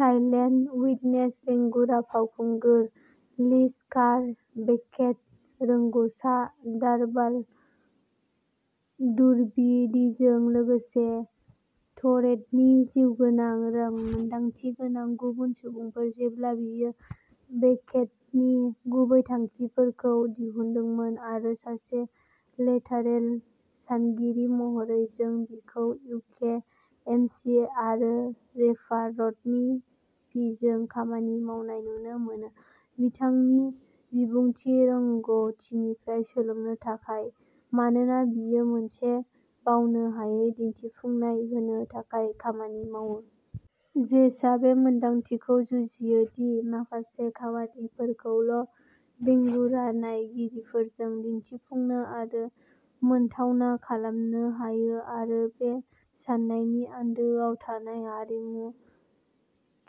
Silent Witness बेंगुरा फावखुंगुर Liz Carr, बेकेट रोंग'सा दारभाल टुब्रिडीजों लोगोसे टरेटनि जिउगोनां रोंमोनदांथि गोनां गुबुन सुबुंफोर, जेब्ला बियो बेकेटनि गुबै थांखिफोरखौ दिहुनदोंमोन। आरो सासे लेटारेल सानगिरि महरै जों बिखौ इउके एमसि आरो रेपार रडनि पिजों खामानि मावनाय नुनो मोनो, बिथांनि बिबुंथि रोंग'थिनिफ्राय सोलोंनो थाखाय, मानोना बियो मोनसे बावनो हायै दिन्थिफुंनाय होनो थाखाय खामानि मावो। जेसआ बे मोनदांथिखौ जुजियो दि माखासे खामानिफोरखौल' बेंगुरा नायगिरिफोरजों दिन्थिफुंनो आरो मोनथावना खालामनो हायो आरो बे साननायनि आन्दोआव थानाय हारिमुआरि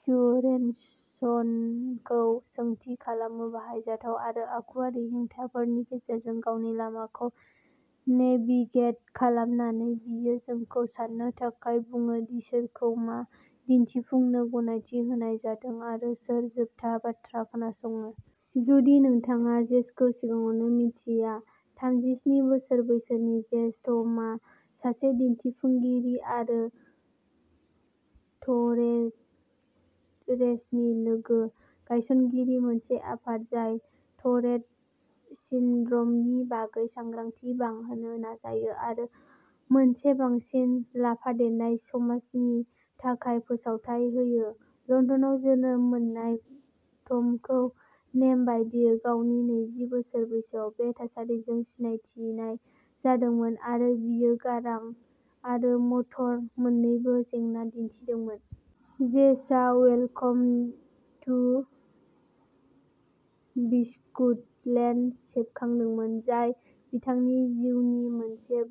क्यूरेशनखौ सोंथि खालामो। बाहायजाथाव आरो आखुथायारि हेंथाफोरनि गेजेरजों गावनि लामाखौ नेभिगेट खालामनानै, बियो जोंखौ सान्नो थाखाय बुङो दि सोरखौ मा दिन्थिफुंनो गनायथि होनाय जादों आरो सोर जोबथा बाथ्रा खोनासङो। जुदि नोंथाङा जेसखौ सिगाङावनो मिन्थिया थामजिस्नि बोसोर बैसोनि जेस थमआ सासे दिन्थिफुंगिरि आरो टरेटशेर'नि लोगो-गायसनगिरि, मोनसे आफाद जाय टरेट सिन्ड्रमनि बागै सांग्रांथि बांहोनो नाजायो आरो मोनसे बांसिन लाफादेरनाय समाजनि थाखाय फोसावथाय होयो। लण्डनाव जोनोम मोननाय थ'मखौ नेम बायदियै गावनि नैजि बोसोर बैसोआव बे थासारिजों सिनायथिनाय जादोंमोन आरो बियो गारां आरो मटर मोन्नैबो जेंना दिन्थिदोंमोन। जेसआ वेलकम टु बिस्कुट लेन्ड सेबखांदोंमोन, जाय बिथांनि जिउनि मोनसे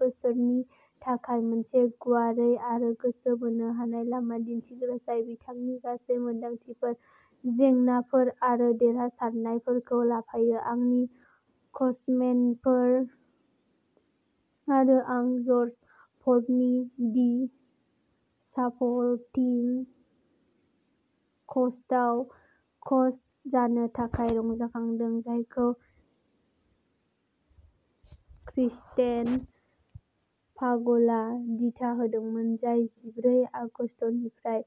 बोसोरनि थाखाय मोनसे गुवारै आरो गोसो बोनो हानाय लामा दिन्थिग्रा, जाय बिथांनि गासै मोनदांथिफोर, जेंनाफोर आरो देरहासारनायफोरखौ लाफायो। आंनि कास्टमेटफोर आरो आं जर्ज फर्थनि दि साप'र्टिं कास्टआव कास्ट जानो थाखाय रंजाखांदों, जायखौ क्रिस्टेन फगलआ दिथा होदोंमोन, जाय जिब्रै आगस्तनिफ्राय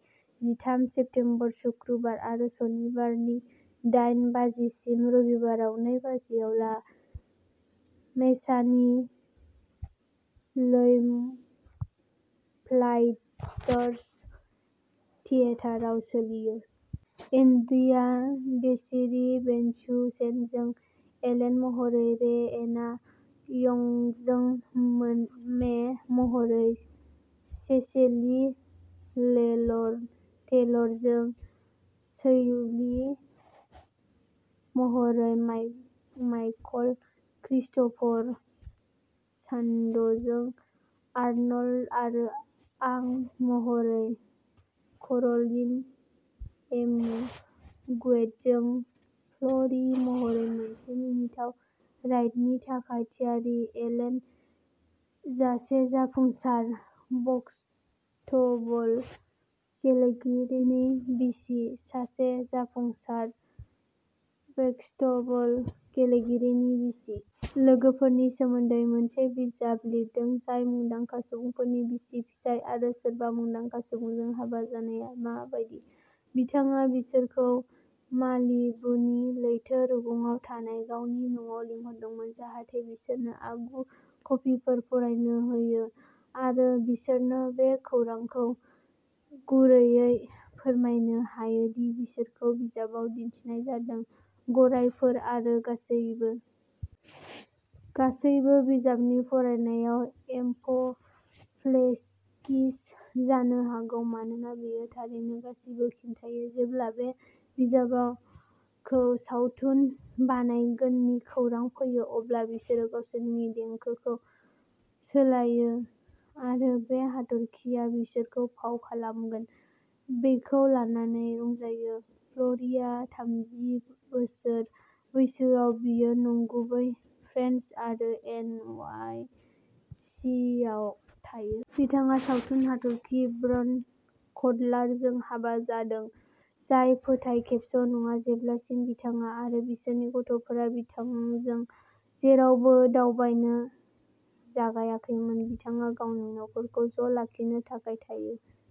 जिथाम सेप्तेम्बर शुक्रबार आरो सनिबारनि डाइन बाजिसिम, रबिबारआव नै बाजिआव ला मेसानि लैम्प्लाइटार्स थियेटारआव सोलियो। एन्ड्रिया डेसिरी बेनसुसेनजों एलेन महरै रे-एना यंगजों मे महरै, सेसिली टेलरजों सैली महरै, माइकल क्रिस्ट'फर शान्ट्जजों आर्नल्ड आरो आं महरै, कैर'लिन एमिगुएटजों फ्ल'री महरै। मोनसे मिनिथाव राइडनि थाखाय थियारि? एलेन, सासे जाफुंसार बास्केटबल गेलेगिरिनि बिसि, सासे जाफुंसार बास्केटबल गेलेगिरिनि बिसि। लोगोफोरनि सोमोन्दै मोनसे बिजाब लिरदों, जाय मुंदांखा सुबुंफोरनि बिसि-फिसाय आरो सोरबा मुंदांखा सुबुंजों हाबा जानाया मा बायदि। बिथाङा बिसोरखौ मालिबुनि लैथो रुगुंआव थानाय गावनि न'आव लिंहरदों, जाहाथे बिसोरनो आगु कपिफोर फरायनो हायो आरो बिसोरनो बे खौरांखौ गुरैयै फोरमायनो हायो दि बिसोरखौ बिजाबाव दिन्थिनाय जादों, गारायफोर आरो गासैबो। गासैबो बिजाबखौ फरायनायाव एप'प्लेक्सि जानो हागौ मानोना बेयो थारैनो गासिबो खिन्थायो। जेब्ला बे बिजाबखौ सावथुन बानायगोननि खौरां फैयो, अब्ला बिसोरो गावसोरनि देंखोखौ सोलायो आरो बबे हाथरखिआ बिसोरखौ फाव खालामगोन बेखौ लानानै रंजायो। फ्ल'रिआ थामजि बोसोर बैसोआव बियो नंगुबै, फ्रेन्स आरो एन वाइ सि आव थायो। बिथाङा सावथुन हाथरखि ब्रेड काटलारजों हाबा जादों, जाय फोथाय खेबस' नङा, जेब्लासिम बिथाङा आरो बिसोरनि गथ'फोरा बिथांजों जेरावबो दावबायनो जागायाखैमोन। बिथाङा गावनि नखरखौ ज' लाखिनो थाखाय थायो।